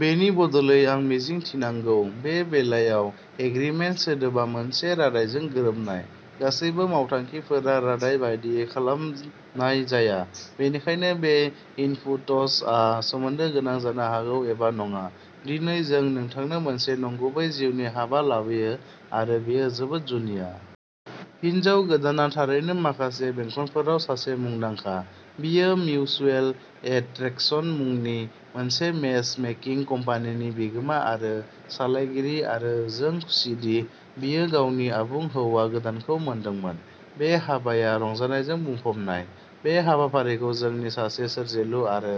बेनि बदलै आं मिजिंथिनांगौ। बे बेलायाव, एग्रिमेन्ट सोदोबा मोनसे रादायजों गोरोबनाय। गासैबो मावथांखिफोरा रादाय बायदियै खालामनाय जाया, बेनिखायनो बे इनपुट्सआ सोमोन्दो गोनां जानो हागौ एबा नङा। दिनै जों नोंथांनो मोनसे नंगुबै जिउनि हाबा लाबोयो आरो बेयो जोबोद जुनिया। हिन्जाव गोदानआ थारैनो माखासे बेंखनफोराव सासे मुंदांखा। बियो मिउचुएल एट्रेक्शन मुंनि मोनसे मेच मेकिंग कम्पानिनि बिगोमा आरो सालायगिरि आरो जों खुसिदि बियो गावनि आबुं हौवा गोदानखौ मोनदोंमोन। बे हाबाया रंजानायजों बुंफबनाय। बे हाबाफारिखौ जोंनि सासे सोरजिलु आरो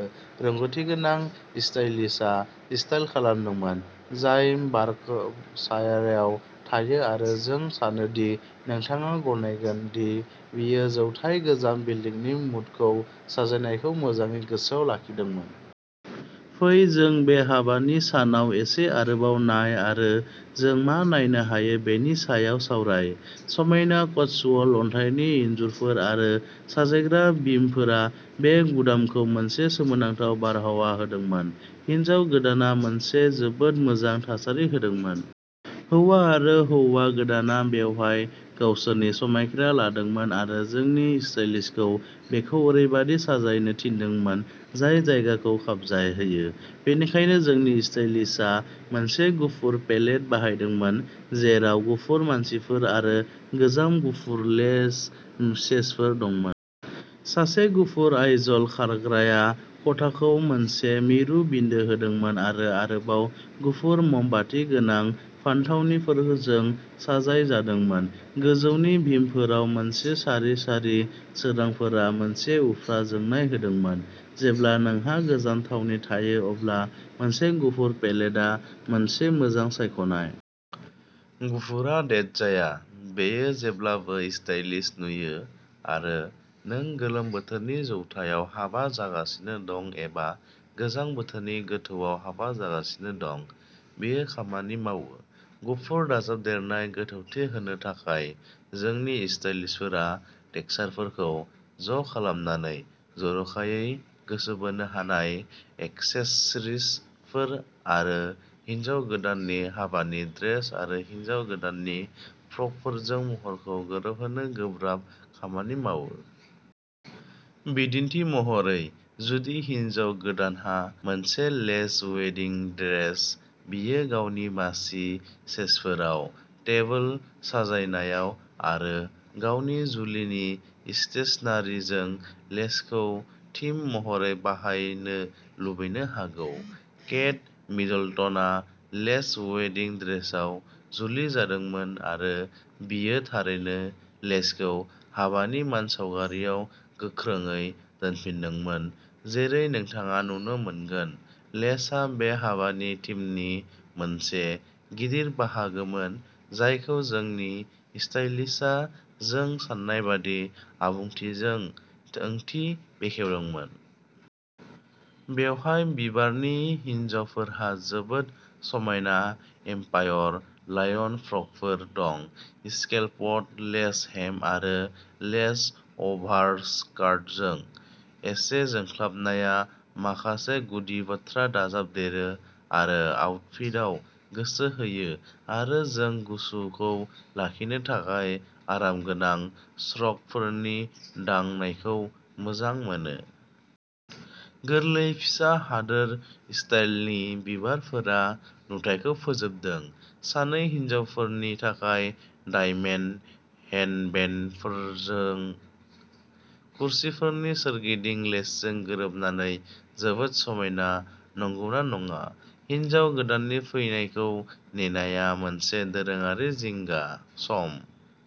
रोंग'थिगोनां स्टाइलिस्टआ स्टाइल खालामदोंमोन, जाय बार्कशायाराव थायो आरो जों सानो दि नोंथाङा गनायगोन दि बियो जौथाय गोजाम बिल्दिंनि मुडखौ साजायनायखौ मोजाङै गोसोआव लाखिदोंमोन। फै जों बे हाबानि सानाव एसे आरोबाव नाय आरो जों मा नायनो हायो बेनि सायाव सावराय। समायना कटस्वल्ड अन्थाइनि इनजुरफोर आरो साजायग्रा बिमफोरा बे गुदामखौ मोनसे सोमोनांथाव बारहावा होदोंमोन। हिन्जाव गोदानआ मोनसे जोबोद मोजां थासारि होदोंमोन। हौवा आरो हौवा गोदानआ बेवहाय गावसोरनि समायखिरा लादोंमोन आरो जोंनि स्टाइलिस्टखौ बेखौ ओरैबायदि साजायनो थिनदोंमोन जाय जायगाखौ खाबजाहोयो। बेनिखायनो जोंनि स्टाइलिस्टआ मोनसे गुफुर पेलेट बाहायदोंमोन, जेराव गुफुर मासिफोर आरो गोजाम गुफुर लेस सेशफोर दंमोन। सासे गुफुर आइजल खारग्राया खथाखौ मोनसे मिरु बिन्दो होदोंमोन आरो आरोबाव गुफुर मोमबाति गोनां फानथावनिफोरजों साजायजादोंमोन। गोजौनि बिमफोराव मोनसे सारि सारि सोरांफोरा मोनसे उफ्रा जोंनाय होदोंमोन। जेब्ला नोंहा गोजाम थावनि थायो अब्ला मोनसे गुफुर पेलेटआ मोनसे मोजां सायख'नाय। गुफुरआ डेट जाया, बेयो जेब्लाबो स्टाइलिश नुयो आरो नों गोलोम बोथोरनि जौथायाव हाबा जागासिनो दं एबा गोजां बोथोरनि गोथौआव हाबा जागासिनो दं, बेयो खामानि मावो। गुफुर दाजाबदेरनाय गोथौथि होनो थाखाय, जोंनि स्टाइलिस्टफोरा टेक्सचारफोरखौ ज'खालामनानै, जर'खायै गोसो बोनो हानाय एक्सेसरिजफोर आरो हिनजाव गोदाननि हाबानि ड्रेस आरो हिन्जाव गोदाननि फ्रकफोरजों महरखौ गोरोबहोनो गोब्राब खामानि मावो। बिदिन्थि महरै, जुदि हिनजाव गोदानहा मोनसे लेस वेडिंग ड्रेस, बियो गावनि मासि सेशफोराव, टेबोल साजायनायाव आरो गावनि जुलिनि स्टेशनारिजों लेसखौ थीम महरै बाहायनो लुबैनो हागौ। केट मिडलटनआ लेस वेडिंग ड्रेसाव जुलि जादोंमोन आरो बियो थारैनो लेसखौ हाबानि मानसावगारियाव गोख्रोंयै दोनफिनदोंमोन जेरै नोंथाङा नुनो मोनगोन, लेसआ बे हाबानि थिमनि मोनसे गिदिर बाहागोमोन जायखौ जोंनि स्टाइलिस्टआ जों सान्नायबादि आबुंथिजों ओंथि बेखेवदोंमोन। बेवहाय बिबारनि हिनजावफोरहा जोबोद समायना एम्पायर लाइन फ्रकफोर दं, स्केलपड लेस हेम आरो लेस अभारस्कार्टजों। एसे जोंख्लाबनाया माखासे गुदि बाथ्रा दाजाबदेरो आरो आउटफिटआव गोसो होयो आरो जों गुसुखौ लाखिनो थाखाय आरामगोनां श्रगफोरनि दांनायखौ मोजां मोनो। गोरलै फिसा हादोर स्टाइलनि बिबारफोरा नुथायखौ फोजोबदों, सानै हिनजावफोरनि थाखाय डायमेनट हेडबेन्डफोरजों। कुर्सिफोरनि सोरगिदिं लेसजों गोरोबनानै जोबोद समायना, नंगौना नङा? हिन्जाव गोदाननि फैनायखौ नेनाया मोनसे दोरोङारि जिंगा सम।